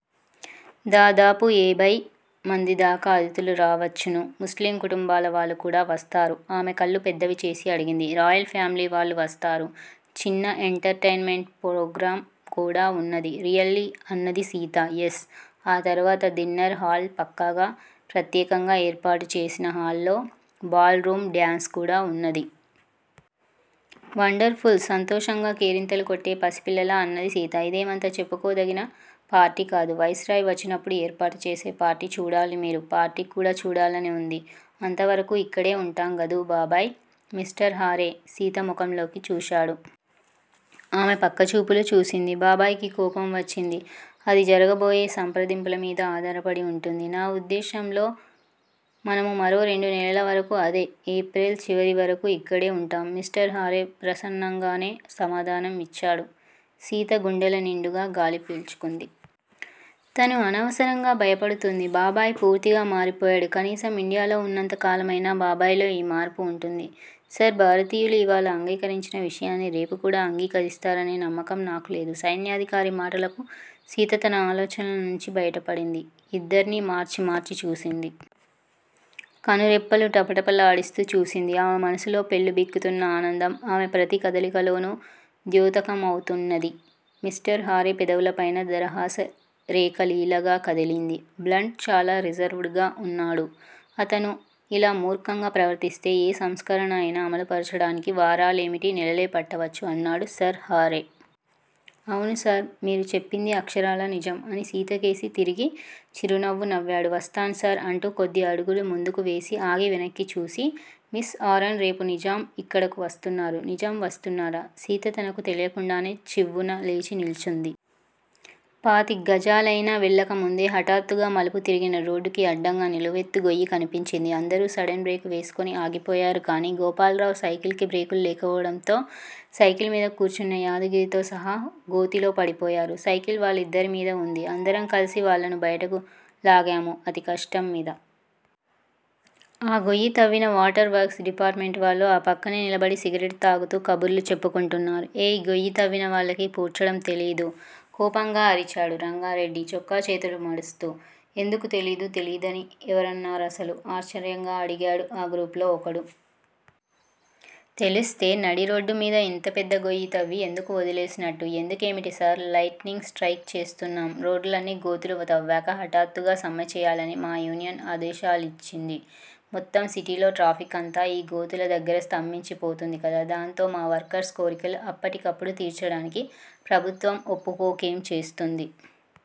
దాదాపు ఏభయ్ మంది దాకా అతిథులు రావచ్చును. ముస్లిం కుటుంబాల వాళ్ళు కూడా వస్తారా? ఆమె కళ్ళు పెద్దవి చేసి అడిగింది. రాయల్ ఫామిలీ వాళ్ళు వస్తారు. చిన్న ఎంటర్ టైన్ మెంటు ప్రోగ్రాం కూడా వున్నది. రియల్లీ? అన్నది సీత. యస్. ఆ తర్వాత డిన్నర్ హాల్ పక్కగా ప్రత్యేకంగా ఏర్పాటుచేసిన హాల్లో బాల్ రూం డ్యాన్స్ కూడా వున్నది. Wonderful! సంతోషంగా కేరింతలు కొట్టే పసిపిల్లలా అన్నది సీత. ఇదేమంత చెప్పుకోదగిన పార్టీ కాదు. వైస్ రాయ్ వచ్చినప్పుడు ఏర్పాటు చేసే పార్టీ చూడాలి మీరు పార్టీ కూడా చూడాలని వుంది. అంతవరకూ ఇక్కడే వుంటాం గదూ బాబాయ్!. మిస్టర్ హారే సీతముఖంలోకి చూశాడు. ఆమె పక్క చూపులు చూసింది. బాబాయికి కోపం వచ్చింది? అది జరగబోయే సంప్రదింపులు మీద ఆధారపడి వుంటుంది. నా వుద్దేశ్యంలో మనము మరో రెండు నెలల వరకు అదే ఏప్రిల్ చివరి వరకూ ఇక్కడే వుంటాం మిస్టర్ హారే ప్రసన్నంగానే సమాధానం ఇచ్చాడు. సీత గుండెల నిండుగా గాలి పీల్చుకుంది. తను అనవసరంగా భయపడుతోంది. బాబాయి పూర్తిగా మారిపోయాడు. కనీసం ఇండియాలో వున్నంతకాలం అయినా బాబాయిలో ఈ మార్పు వుంటుంది. సర్ భారతీయులు ఇవాళ అంగీకరించిన విషయాన్ని రేపు కూడా అంగీకరిస్తారనే నమ్మకం నాకు లేదు. సైన్యాధికారి మాటలకు సీత తన ఆలోచనల నుంచి బయటపడింది. ఇద్దర్నీ మార్చి మార్చి చూసింది. కనురెప్పలు టపటపలాడిస్తూ చూసింది. ఆమె మనసులో పెల్లుబికుతున్న ఆనందం ఆమె ప్రతికదలికలోనూ ద్యోతకమౌతున్నది. మిస్టర్ హారే పెదవులపైన దరహాసరేఖ లీలగా కదిలింది. బ్లంట్ చాలా రిజర్వ్ డ్ గా వున్నాడు. అతను ఇలా మూర్ఖంగా ప్రవర్తిస్తే ఏ సంస్కరణ అయినా అమలుపరచడానికి వారాలేమిటి, నెలలే పట్టవచ్చు అన్నాడు సర్ హారే. అవును సర్ మీరు చెప్పింది అక్షరాలా నిజం. అని సీతకేసి తిరిగి చిరునవ్వు నవ్వాడు. వస్తాను సర్ అంటూ కొద్ది అడుగులు ముందుకు వేసి ఆగి వెనక్కి చూసి, మిస్ ఆరాన్ రేపు నిజాం ఇక్కడకు వస్తున్నారు. నిజాం వస్తున్నారా? సీత తనకు తెలియకుండానే చివ్వున లేచి నిల్చుంది. పాతిగ్గజాలయినా వెళ్ళకముందే హఠాత్తుగా మలుపు తిరిగిన రోడ్డుకి అడ్డంగా నిలువెత్తు గొయ్యి కనిపించింది. అందరూ సడన్ బ్రేకు వేసుకుని ఆగిపోయారు గానీ- గోపాల్రావ్ సైకిల్ కి బ్రేకులు లేకపోవడంతో సైకిల్ మీద కూర్చున్న యాదగిరితో సహా గోతిలో పడిపోయారు. సైకిల్ వాళ్ళిద్దరిమీదా ఉంది. అందరం కలిసి వాళ్ళను బయటకు లాగాము అతికష్టం మీద. ఆ గొయ్యి తవ్విన వాటర్ వర్క్స్ డిపార్టుమెంట్ వాళ్ళు ఆ పక్కనే నిలబడి సిగరెట్టు తాగుతూ కబుర్లు చెప్పుకుంటున్నారు. ఏయ్! గొయ్యి తవ్వినవాళ్ళకి పూడ్చడం తెలీదూ? కోపంగా అరిచాడు రంగారెడ్డి చొక్కా చేతులు మడుస్తూ. ఎందుకు తెలీదు? తెలీదని ఎవరన్నారసలు? ఆశ్చర్యంగా అడిగాడు ఆ గ్రూప్ లో ఒకడు. తెలుస్తే నడిరోడ్డు మీద ఇంత పెద్ద గొయ్యి తవ్వి ఎందుకు వదిలేసినట్లు? ఎందుకేమిటి సార్? లైట్నింగ్ స్ట్రయిక్ చేస్తున్నాం. రోడ్లన్నీ గోతులు తవ్వాక హఠాత్తుగా సమ్మె చేయాలని మా యూనియన్ ఆదేశాలిచ్చింది. మొత్తం సిటీలో ట్రాఫిక్కంతా ఈ గోతుల దగ్గర స్తంభించి పోతుంది కదా! దాంతో మా వర్కర్స్ కోర్కెలు అప్పటికప్పుడు తీర్చడానికి ప్రభుత్వం ఒప్పుకోకేం జేస్తుంది?